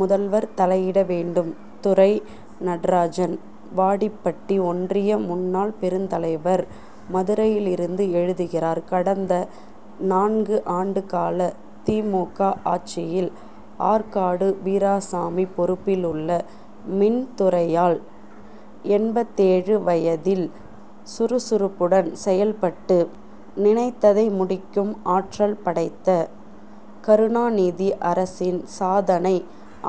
முதல்வர் தலையிட வேண்டும்! துரை நடராஜன் வாடிப்பட்டி ஒன்றிய முன்னாள் பெருந்தலைவர் மதுரையிலிருந்து எழுதுகிறார் கடந்த நான்கு ஆண்டுகால தி. மு. க. ஆட்சியில் ஆற்காடு வீராசாமி பொறுப்பில் உள்ள மின் துறையால் எண்பத்தேழு வயதில் சுறுசுறுப்புடன் செயல்பட்டு நினைத்ததை முடிக்கும் ஆற்றல் படைத்த கருணாநிதி அரசின் சாதனை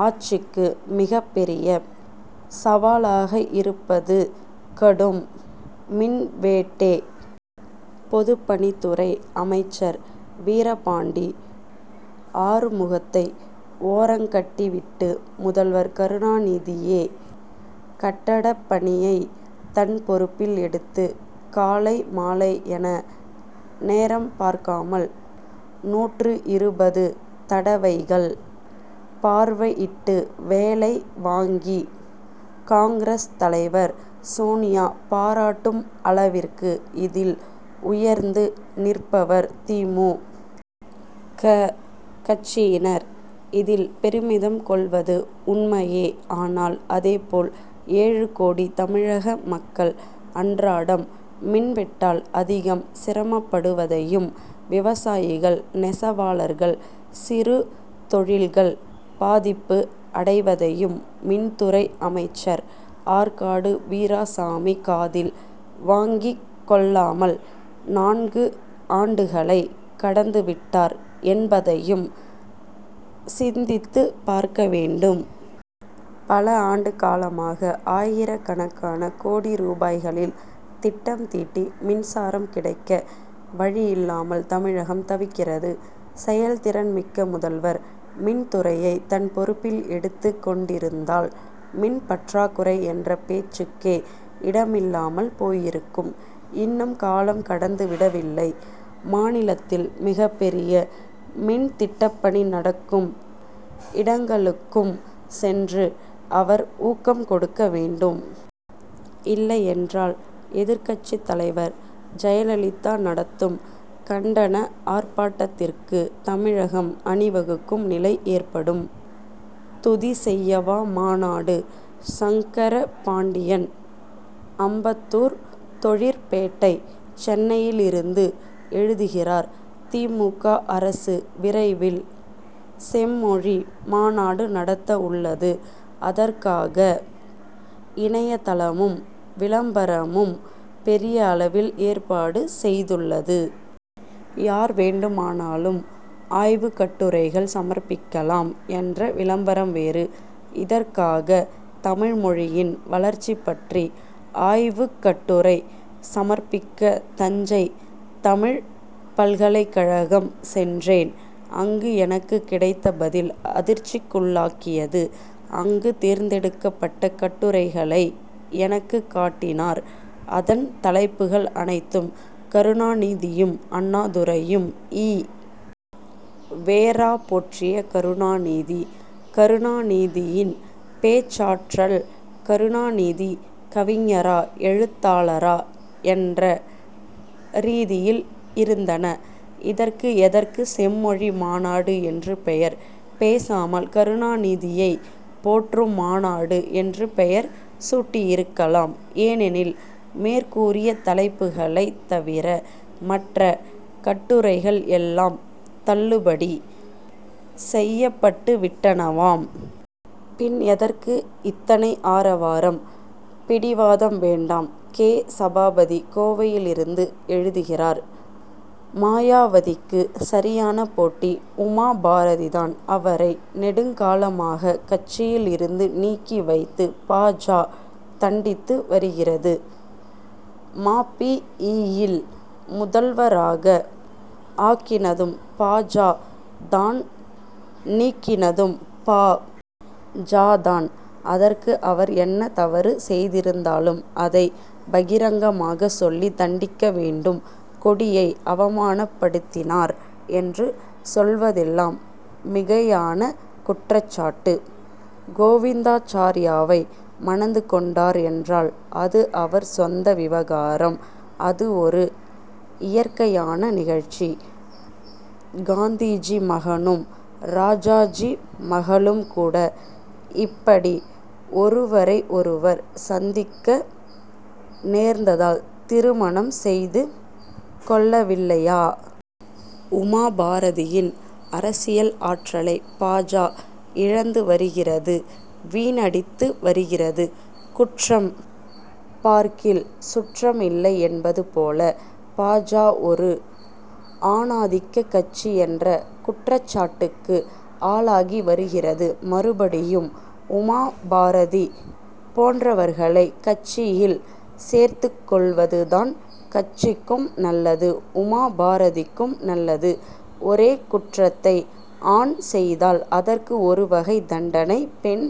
ஆட்சிக்கு மிகப்பெரிய சவாலாக இருப்பது கடும் மின்வெட்டே. பொதுப்பணித்துறை அமைச்சர் வீரபாண்டி ஆறுமுகத்தை ஓரங்கட்டிவிட்டு முதல்வர் கருணாநிதியே கட்டடப் பணியை தன் பொறுப்பில் எடுத்து காலை மாலை என நேரம் பார்க்காமல் நூற்று இருபது தடவைகள் பார்வையிட்டு வேலை வாங்கி காங்கிரஸ் தலைவர் சோனியா பாராட்டும் அளவிற்கு இதில் உயர்ந்து நிற்பவர்! தி. மு. க. கட்சியினர் இதில் பெருமிதம் கொள்வது உண்மையே! ஆனால் அதேபோல் ஏழு கோடி தமிழக மக்கள் அன்றாடம் மின்வெட்டால் அதிகம் சிரமப்படுவதையும் விவசாயிகள் நெசவாளர்கள் சிறுதொழில்கள் பாதிப்பு அடைவதையும் மின்துறை அமைச்சர் ஆற்காடு வீராசாமி காதில் வாங்கிக் கொள்ளாமல் நான்கு ஆண்டுகளை கடந்துவிட்டார் என்பதையும் சிந்தித்து பார்க்க வேண்டும். பல ஆண்டு காலமாக ஆயிரக்கணக்கான கோடி ரூபாய்களில் திட்டம் தீட்டி மின்சாரம் கிடைக்க வழியில்லாமல் தமிழகம் தவிக்கிறது. செயல்திறன்மிக்க முதல்வர் மின்துறையை தன் பொறுப்பில் எடுத்துக் கொண்டிருந்தால் மின் பற்றாக்குறை என்ற பேச்சுக்கே இடமில்லாமல் போயிருக்கும். இன்னும் காலம் கடந்து விடவில்லை! மாநிலத்தில் மிகப்பெரிய மின்திட்டப்பணி நடக்கும் இடங்களுக்கும் சென்று அவர் ஊக்கம் கொடுக்க வேண்டும்! இல்லையென்றால் எதிர்க்கட்சித் தலைவர் ஜெயலலிதா நடத்தும் கண்டன ஆர்ப்பாட்டத்திற்கு தமிழகம் அணிவகுக்கும் நிலை ஏற்படும். துதி செய்யவா மாநாடு? சங்கர பாண்டியன் அம்பத்தூர் தொழிற்பேட்டை சென்னையிலிருந்து எழுதுகிறார் தி. மு. க. அரசு விரைவில் செம்மொழி மாநாடு நடத்த உள்ளது. இதற்காக இணைய தளமும் விளம்பரமும் பெரிய அளவில் ஏற்பாடு செய்துள்ளது. யார் வேண்டுமானாலும் ஆய்வுக்கட்டுரைகள் சமர்ப்பிக்கலாம் என்ற விளம்பரம் வேறு! இதற்காக தமிழ்மொழியின் வளர்ச்சி பற்றி ஆய்வுக் கட்டுரை சமர்ப்பிக்க தஞ்சை தமிழ்ப் பல்கலைக்கழகம் சென்றேன். அங்கு எனக்குக் கிடைத்த பதில் அதிர்ச்சிக்குள்ளாக்கியது. அங்கு தேர்ந்தெடுக்கப்பட்ட கட்டுரைகளை எனக்குக் காட்டினார். அதன் தலைப்புகள் அனைத்தும் கருணாநிதியும் அண்ணாதுரையும் ஈ. வெ. ரா. போற்றிய கருணாநிதி கருணாநிதியின் பேச்சாற்றல் கருணாநிதி கவிஞரா எழுத்தாளரா என்ற ரீதியில் இருந்தன. இதற்கு எதற்கு செம்மொழி மாநாடு என்று பெயர்? பேசாமல் கருணாநிதியை போற்றும் மாநாடு என்று பெயர் சூட்டியிருக்கலாம். ஏனெனில் மேற்கூறிய தலைப்புகளைத் தவிர மற்ற கட்டுரைகள் எல்லாம் தள்ளுபடி செய்யப்பட்டு விட்டனவாம். பின் எதற்கு இத்தனை ஆரவாரம்? பிடிவாதம் வேண்டாம்! கே. சபாபதி கோவையிலிருந்து எழுதுகிறார் மாயாவதிக்கு சரியான போட்டி உமாபாரதி தான். அவரை நெடுங்காலமாக கட்சியில் இருந்து நீக்கி வைத்து பா. ஜ. தண்டித்து வருகிறது. ம. பி.யில் முதல்வராக ஆக்கினதும் பா. ஜ. தான் நீக்கினதும் பா. ஜ. தான். அதற்கு அவர் என்ன தவறு செய்திருந்தாலும் அதைப் பகிரங்கமாகச் சொல்லி தண்டிக்க வேண்டும். கொடியை அவமானப்படுத்தினார் என்று சொல்வதெல்லாம் மிகையான குற்றச்சாட்டு. கோவிந்தாச்சார்யாவை மணந்து கொண்டார் என்றால் அது அவர் சொந்த விவகாரம் அது ஒரு இயற்கையான நிகழ்ச்சி. காந்திஜி மகனும் ராஜாஜி மகளும் கூட இப்படி ஒருவரை ஒருவர் சந்திக்க நேர்ந்ததால் திருமணம் செய்து கொள்ளவில்லையா? உமாபாரதியின் அரசியல் ஆற்றலை பா. ஜ. இழந்து வருகிறது வீணடித்து வருகிறது. குற்றம் பார்க்கில் சுற்றம் இல்லை என்பது போல பா. ஜ. ஒரு ஆணாதிக்கக் கட்சி என்ற குற்றச்சாட்டுக்கு ஆளாகி வருகிறது. மறுபடியும் உமாபாரதி போன்றவர்களை கட்சியில் சேர்த்துக் கொள்வது தான் கட்சிக்கும் நல்லது உமாபாரதிக்கும் நல்லது. ஒரே குற்றத்தை ஆண் செய்தால் அதற்கு ஒரு வகை தண்டனை பெண்